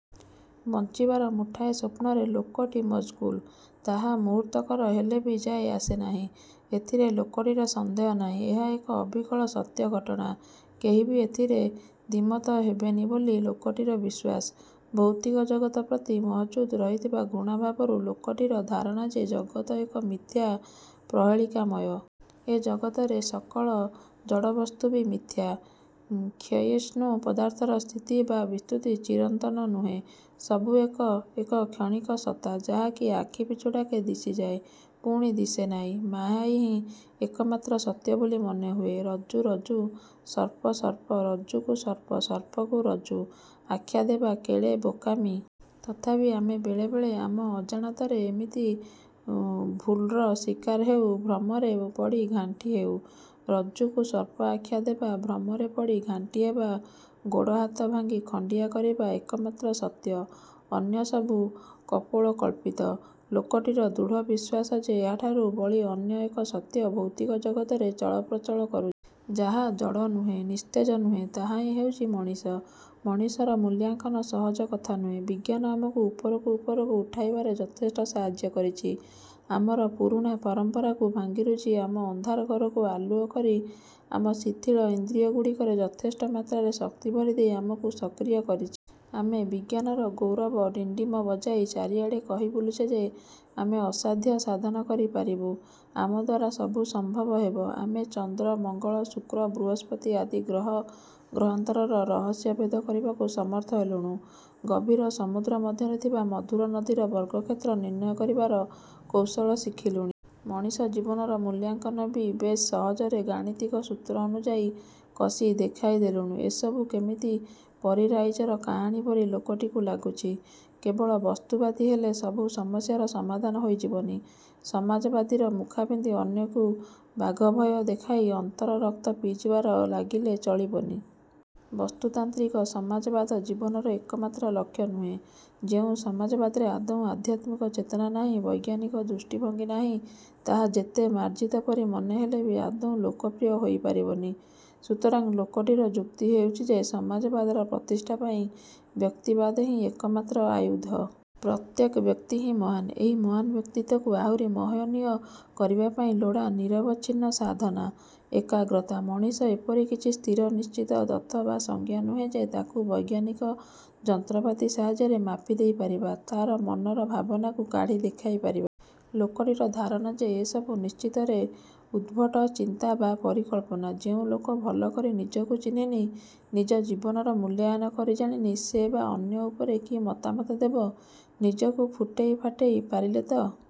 ବଞ୍ଚିବାର ମୁଠାଏ ସ୍ୱପ୍ନରେ ଲୋକଟି ମଜ୍ଗୁଲ୍। ତାହା ମୁହୂର୍ତ୍ତକର ହେଲେବି ଯାଏ ଆସେ ନାହିଁ। ଏଥିରେ ଲୋକଟିର ସନ୍ଦେହ ନାହିଁ। ଏହା ଏକ ଅବିକଳ ସତ୍ୟ ଘଟଣା। କେହି ବି ଏଥିରେ ଦ୍ୱିମତ ହେବେନି ବୋଲି ଲୋକଟିର ବିଶ୍ୱାସ। ଭୌତିକ ଜଗତ ପ୍ରତି ମହଜୁଦ୍ ରହିଥିବା ଘୃଣାଭାବରୁ ଲୋକଟିର ଧାରଣ ଯେ ଜଗତ ଏକ ମିଥ୍ୟା, ପ୍ରହେଳିକା ମୟ। ଏ ଜଗତରେ ସକଳ ଜଡ଼ବସ୍ତୁ ବି ମିଥ୍ୟା। କ୍ଷୟିଷ୍ଣୁ ପଦାର୍ଥର ସ୍ଥିତି ବା ବିସ୍ତୃତି ଚିରନ୍ତନ ନୁହେଁ। ସବୁ ଏକ ଏକ କ୍ଷଣିକ ସତ୍ତା; ଯାହାକି ଆଖି ପିଛୁଡ଼ାକେ ଦିଶିଯାଏ। ପୁଣି ଦିଶେ ନାହିଁ। ମାୟାହିଁ ଏକମାତ୍ର ସତ୍ୟବୋଲି ମନେହୁଏ। ରଜ୍ଜୁ: ରଜ୍ଜୁ:। ସର୍ପ: ସର୍ପ: ରଜ୍ଜୁକୁ ସର୍ପ, ସର୍ପକୁ ରଜ୍ଜୁ ଆଖ୍ୟା ଦେବା କେଡ଼େ ବୋକାମି-। ତଥାପି ଆମେ ବେଳେବେଳେ ଆମ ଅଜାଣତରେ ଏମିତି ଭୁଲ୍ର ଶିକାର ହେଉ-। ଭ୍ରମରେ ପଡ଼ି ଘାଣ୍ଟି ହେଉ। ରଜ୍ଜୁକୁ ସର୍ପ ଆଖ୍ୟା ଦେବା, ଭ୍ରମରେ ପଡ଼ି ଘାଣ୍ଟିହେବା, ଗୋଡ଼ ହାତ ଭାଙ୍ଗି ଖଣ୍ଡିଆ କରିବା ଏକମାତ୍ର ସତ୍ୟ। ଅନ୍ୟ ସବୁ କପୋଳକଳ୍ପିତ। ଲୋକଟିର ଦୃଢ଼ ବିଶ୍ୱାସ ଯେ ଏହାଠାରୁ ବଳି ଅନ୍ୟ ଏକ ସତ୍ୟ ଭୌତିକ ଜଗତରେ ଚଳପ୍ରଚଳ କରୁଛି। ଯାହା ଜଡ଼ ନୁହେଁ, ନିସ୍ତେଜ ନୁହେଁ। ତାହାହିଁ ହେଉଛି ମଣିଷ। ମଣିଷର ମୂଲ୍ୟାଙ୍କନ ସହଜ କଥା ନୁହେଁ। ବିଜ୍ଞାନ ଆମକୁ ଉପରକୁ ଉପରକୁ ଉଠାଇବାରେ ଯଥେଷ୍ଟ ସାହାଯ୍ୟ କରିଛି। ଆମର ପୁରୁଣା ପରମ୍ପରାକୁ ଭାଙ୍ଗିରୁଜି, ଆମ ଅନ୍ଧାର ଘରକୁ ଆଲୁଅ କରି ଆମ ଶିଥିଳ ଇନ୍ଦ୍ରିୟଗୁଡ଼ିକରେ ଯଥେଷ୍ଟ ମାତ୍ରାରେ ଶକ୍ତି ଭରିଦେଇ ଆମକୁ ସକ୍ରିୟ କରିଛି। ଆମେ ବିଜ୍ଞାନର ଗୌରବ ଡିଣ୍ଡିମ ବଜାଇ ଚାରିଆଡ଼େ କହି ବୁଲୁଛୁ ଯେ, 'ଆମେ ଅସାଧ୍ୟ ସାଧନ କରି ପାରିବୁ। ଆମଦ୍ୱାରା ସବୁ ସମ୍ଭବ ହେବ। ' ଆମେ ଚନ୍ଦ୍ର, ମଙ୍ଗଳ, ଶୁକ୍ର, ବୃହସ୍ପତି ଆଦି ଗ୍ରହ ଗ୍ରହାନ୍ତରର ରହସ୍ୟ ଭେଦ କରିବାକୁ ସମର୍ଥ ହେଲୁଣି। ଗଭୀର ସମୁଦ୍ର ମଧ୍ୟରେ ଥିବା ମଧୁର ନଦୀର ବର୍ଗକ୍ଷେତ୍ର ନିର୍ଣ୍ଣୟ କରିବାର କୌଶଳ ଶିଖିଲୁଣି। ମଣିଷ ଜୀବନର ମୂଲ୍ୟାଙ୍କନ ବି ବେଶ୍ ସହଜରେ ଗାଣିତିକ ସୂତ୍ର ଅନୁଯାୟୀ କଷି ଦେଖାଇ ଦେଲୁଣି। ଏସବୁ କେମିତି ପରୀ-ରାଇଜର କାହାଣୀ ପରି ଲୋକଟିକୁ ଲାଗୁଛି। କେବଳ ବସ୍ତୁବାଦୀ ହେଲେ ସବୁ ସମସ୍ୟାର ସମାଧାନ ହୋଇଯିବନି। ସମାଜବାଦୀର ମୁଖା ପିନ୍ଧି ଅନ୍ୟକୁ ବାଘଭୟ ଦେଖାଇ ଅନ୍ୟର ରକ୍ତ ପିଇଯିବାରେ ଲାଗିଲେ ଚଳିବନି। ବସ୍ତୁତାନ୍ତ୍ରିକ ସମାଜବାଦ ଜୀବନର ଏକମାତ୍ର ଲକ୍ଷ୍ୟ ନୁହେଁ। ଯେଉଁ ସମାଜବାଦରେ ଆଦୌ ଆଧ୍ୟାତ୍ମିକ ଚେତନା ନାହିଁ, ବୈଜ୍ଞାନିକ ଦୃଷ୍ଟିଭଙ୍ଗୀ ନାହିଁ, ତାହା ଯେତେ ମାର୍ଜିତ ପରି ମନେ ହେଲେବି ଆଦୌ ଲୋକପ୍ରିୟ ହୋଇ ପାରିବନି। ସୁତରାଂ ଲୋକଟିର ଯୁକ୍ତି ହେଉଛି ଯେ ସମାଜବାଦର ପ୍ରତିଷ୍ଠା ପାଇଁ ବ୍ୟକ୍ତିବାଦହିଁ ଏକମାତ୍ର ଆୟୁଧ। ପ୍ରତ୍ୟେକ। ବ୍ୟକ୍ତିହିଁ ମହାନ୍। ଏହି ମହାନ୍ ବ୍ୟକ୍ତିତ୍ୱକୁ ଆହୁରି ମହନୀୟ କରିବା ପାଇଁ ଲୋଡ଼ା ନିରବଚ୍ଛିନ୍ନ ସାଧନା, ଏକାଗ୍ରତା। ମଣିଷ ଏପରି କିଛି ସ୍ଥିର ନିଶ୍ଚିତ ଦତ୍ତ ବା ସଂଜ୍ଞା ନୁହେଁ ଯେ ତାକୁ ବୈଜ୍ଞାନିକ ଯନ୍ତ୍ରପାତି ସାହାଯ୍ୟରେ ମାପି ଦେଇ ପାରିବା। ତା' ମନର ଭାବନାକୁ କାଢ଼ି ଦେଖାଇ ପାରିବା। ଲୋକଟିର ଧାରଣା ଯେ ଏ ସବୁ ନିଶ୍ଚିତରେ ଉଦ୍ଭଟ ଚିନ୍ତା ବା ପରିକଳ୍ପନା। ଯେଉଁ ଲୋକ ଭଲ କରି ନିଜକୁ ଚିହ୍ନିନି, ନିଜ ଜୀବନର ମୂଲ୍ୟାୟନ କରିଜାଣିନି, ସେ ବା' ଅନ୍ୟ ଉପରେ କି ମତାମତ ଦେବ? ନିଜକୁ ଫୁଟେଇ ଫାଟେଇ ପାରିଲେତ